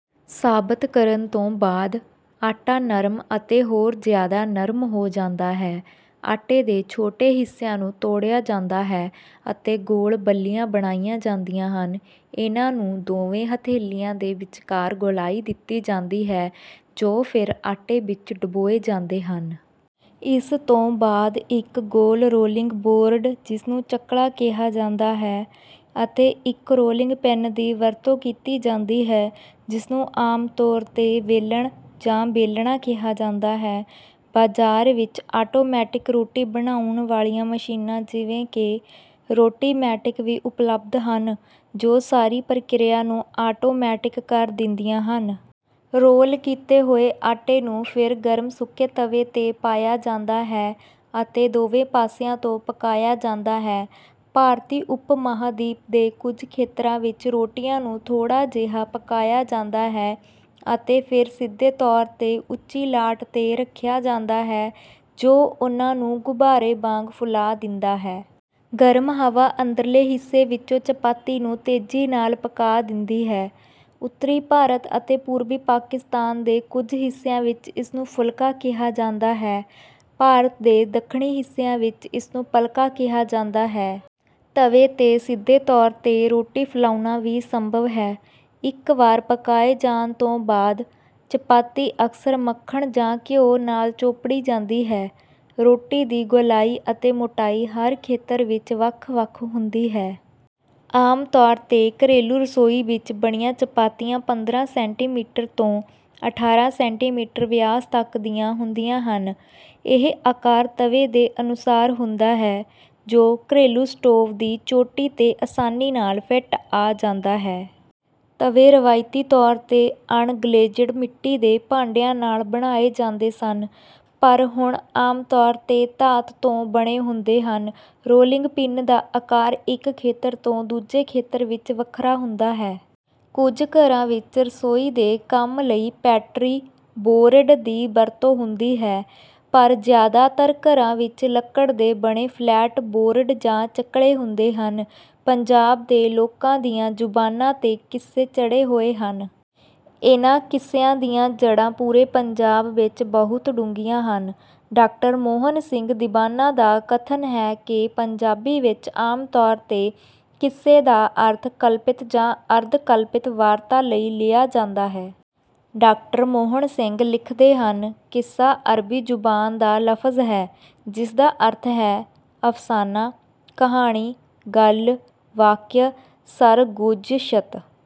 ਸਾਬਤ ਕਰਨ ਤੋਂ ਬਾਅਦ, ਆਟਾ ਨਰਮ ਅਤੇ ਹੋਰ ਜ਼ਿਆਦਾ ਨਰਮ ਹੋ ਜਾਂਦਾ ਹੈ। ਆਟੇ ਦੇ ਛੋਟੇ ਹਿੱਸਿਆਂ ਨੂੰ ਤੋੜਿਆ ਜਾਂਦਾ ਹੈ ਅਤੇ ਗੋਲ ਬੱਲੀਆਂ ਬਣਾਈਆਂ ਜਾਂਦੀਆਂ ਹਨ। ਇਨ੍ਹਾਂ ਨੂੰ ਦੋਵੇਂ ਹਥੇਲੀਆਂ ਦੇ ਵਿਚਕਾਰ ਗੋਲਾਈ ਦਿੱਤੀ ਜਾਂਦੀ ਹੈ ਜੋ ਫਿਰ ਆਟੇ ਵਿੱਚ ਡੁਬੋਏ ਜਾਂਦੇ ਹਨ। ਇਸ ਤੋਂ ਬਾਅਦ ਇੱਕ ਗੋਲ ਰੋਲਿੰਗ ਬੋਰਡ, ਜਿਸਨੂੰ ਚੱਕਲਾ ਕਿਹਾ ਜਾਂਦਾ ਹੈ, ਅਤੇ ਇੱਕ ਰੋਲਿੰਗ ਪਿੰਨ ਦੀ ਵਰਤੋਂ ਕੀਤੀ ਜਾਂਦੀ ਹੈ ਜਿਸਨੂੰ ਆਮ ਤੌਰ 'ਤੇ ਵੇਲਣ ਜਾਂ ਬੇਲਨਾ ਕਿਹਾ ਜਾਂਦਾ ਹੈ। ਬਾਜ਼ਾਰ ਵਿੱਚ ਆਟੋਮੈਟਿਕ ਰੋਟੀ ਬਣਾਉਣ ਵਾਲੀਆਂ ਮਸ਼ੀਨਾਂ ਜਿਵੇਂ ਕਿ ਰੋਟੀਮੈਟਿਕ ਵੀ ਉਪਲਬਧ ਹਨ ਜੋ ਸਾਰੀ ਪ੍ਰਕਿਰਿਆ ਨੂੰ ਆਟੋਮੈਟਿਕ ਕਰ ਦਿੰਦੀਆਂ ਹਨ। ਰੋਲ ਕੀਤੇ ਹੋਏ ਆਟੇ ਨੂੰ ਫਿਰ ਗਰਮ ਸੁੱਕੇ ਤਵੇ 'ਤੇ ਪਾਇਆ ਜਾਂਦਾ ਹੈ ਅਤੇ ਦੋਵੇਂ ਪਾਸਿਆਂ ਤੋਂ ਪਕਾਇਆ ਜਾਂਦਾ ਹੈ। ਭਾਰਤੀ ਉਪ-ਮਹਾਂਦੀਪ ਦੇ ਕੁਝ ਖੇਤਰਾਂ ਵਿੱਚ ਰੋਟੀਆਂ ਨੂੰ ਥੋੜ੍ਹਾ ਜਿਹਾ ਪਕਾਇਆ ਜਾਂਦਾ ਹੈ, ਅਤੇ ਫਿਰ ਸਿੱਧੇ ਤੌਰ 'ਤੇ ਉੱਚੀ ਲਾਟ 'ਤੇ ਰੱਖਿਆ ਜਾਂਦਾ ਹੈ, ਜੋ ਉਨ੍ਹਾਂ ਨੂੰ ਗੁਬਾਰੇ ਵਾਂਗ ਫੁਲਾ ਦਿੰਦਾ ਹੈ। ਗਰਮ ਹਵਾ ਅੰਦਰਲੇ ਹਿੱਸੇ ਵਿੱਚੋਂ ਚਪਾਤੀ ਨੂੰ ਤੇਜ਼ੀ ਨਾਲ ਪਕਾ ਦਿੰਦੀ ਹੈ। ਉੱਤਰੀ ਭਾਰਤ ਅਤੇ ਪੂਰਬੀ ਪਾਕਿਸਤਾਨ ਦੇ ਕੁਝ ਹਿੱਸਿਆਂ ਵਿੱਚ ਇਸਨੂੰ ਫੁਲਕਾ ਕਿਹਾ ਜਾਂਦਾ ਹੈ। ਭਾਰਤ ਦੇ ਦੱਖਣੀ ਹਿੱਸਿਆਂ ਵਿੱਚ ਇਸਨੂੰ ਪਲਕਾ ਕਿਹਾ ਜਾਂਦਾ ਹੈ। ਤਵੇ 'ਤੇ ਸਿੱਧੇ ਤੌਰ 'ਤੇ ਰੋਟੀ ਨੂੰ ਫੁਲਾਉਣਾ ਵੀ ਸੰਭਵ ਹੈ। ਇੱਕ ਵਾਰ ਪਕਾਏ ਜਾਣ ਤੋਂ ਬਾਅਦ, ਚਪਾਤੀ ਅਕਸਰ ਮੱਖਣ ਜਾਂ ਘਿਓ ਨਾਲ ਚੋਪੜੀ ਜਾਂਦੀ ਹੈ। ਰੋਟੀ ਦੀ ਗੋਲਾਈ ਅਤੇ ਮੋਟਾਈ ਹਰ ਖੇਤਰ ਵਿੱਚ ਵੱਖ-ਵੱਖ ਹੁੰਦੀ ਹੈ। ਆਮ ਤੌਰ 'ਤੇ ਘਰੇਲੂ ਰਸੋਈ ਵਿੱਚ ਬਣੀਆਂ ਚਪਾਤੀਆਂ ਪੰਦਰਾਂ ਸੈਂਟੀਮੀਟਰ ਤੋਂ ਅਠਾਰਾਂ ਸੈਂਟੀਮੀਟਰ ਵਿਆਸ ਤੱਕ ਦੀਆਂ ਹੁੰਦੀਆਂ ਹਨ। ਇਹ ਆਕਾਰ ਤਵੇ ਦੇ ਅਨੁਸਾਰ ਹੁੰਦਾ ਹੈ ਜੋ ਘਰੇਲੂ ਸਟੋਵ ਦੀ ਚੋਟੀ 'ਤੇ ਆਸਾਨੀ ਨਾਲ ਫਿੱਟ ਆ ਜਾਂਦਾ ਹੈ। ਤਵੇ ਰਵਾਇਤੀ ਤੌਰ 'ਤੇ ਅਣਗਲੇਜ਼ਡ ਮਿੱਟੀ ਦੇ ਭਾਂਡਿਆਂ ਨਾਲ ਬਣਾਏ ਜਾਂਦੇ ਸਨ, ਪਰ ਹੁਣ ਆਮ ਤੌਰ 'ਤੇ ਧਾਤ ਤੋਂ ਬਣੇ ਹੁੰਦੇ ਹਨ। ਰੋਲਿੰਗ ਪਿੰਨ ਦਾ ਆਕਾਰ ਇੱਕ ਖੇਤਰ ਤੋਂ ਦੂਜੇ ਖੇਤਰ ਵਿੱਚ ਵੱਖਰਾ ਹੁੰਦਾ ਹੈ। ਕੁਝ ਘਰਾਂ ਵਿੱਚ ਰਸੋਈ ਦੇ ਕੰਮ ਲਈ ਪੈਟਰੀ ਬੋਰਡ ਦੀ ਵਰਤੋਂ ਹੁੰਦੀ ਹੈ, ਪਰ ਜ਼ਿਆਦਾਤਰ ਘਰਾਂ ਵਿੱਚ ਲੱਕੜ ਦੇ ਬਣੇ ਫਲੈਟ ਬੋਰਡ ਜਾਂ ਚੱਕਲੇ ਹੁੰਦੇ ਹਨ। ਪੰਜਾਬ ਦੇ ਲੋਕਾਂ ਦੀਆਂ ਜ਼ੁਬਾਨਾਂ 'ਤੇ ਕਿੱਸੇ ਚੜ੍ਹੇ ਹੋਏ ਹਨ। ਇਨ੍ਹਾਂ ਕਿੱਸਿਆਂ ਦੀਆਂ ਜੜ੍ਹਾਂ ਪੂਰੇ ਪੰਜਾਬ ਵਿੱਚ ਬਹੁਤ ਡੂੰਘੀਆਂ ਹਨ। ਡਾ. ਮੋਹਨ ਸਿੰਘ ਦੀਵਾਨਾ ਦਾ ਕਥਨ ਹੈ ਕਿ ਪੰਜਾਬੀ ਵਿੱਚ ਆਮ ਤੌਰ 'ਤੇ ਕਿੱਸੇ ਦਾ ਅਰਥ ਕਲਪਿਤ ਜਾਂ ਅਰਧ-ਕਲਪਿਤ ਵਾਰਤਾ ਲਈ ਲਿਆ ਜਾਂਦਾ ਹੈ। ਡਾ. ਮੋਹਨ ਸਿੰਘ ਲਿਖਦੇ ਹਨ: ਕਿੱਸਾ ਅਰਬੀ ਜ਼ੁਬਾਨ ਦਾ ਲਫ਼ਜ਼ ਹੈ ਜਿਸਦਾ ਅਰਥ ਹੈ: ਅਫ਼ਸਾਨਾ, ਕਹਾਣੀ, ਗੱਲ, ਵਾਕਿਆ, ਸਰਗੁਜ਼ਸ਼ਤ।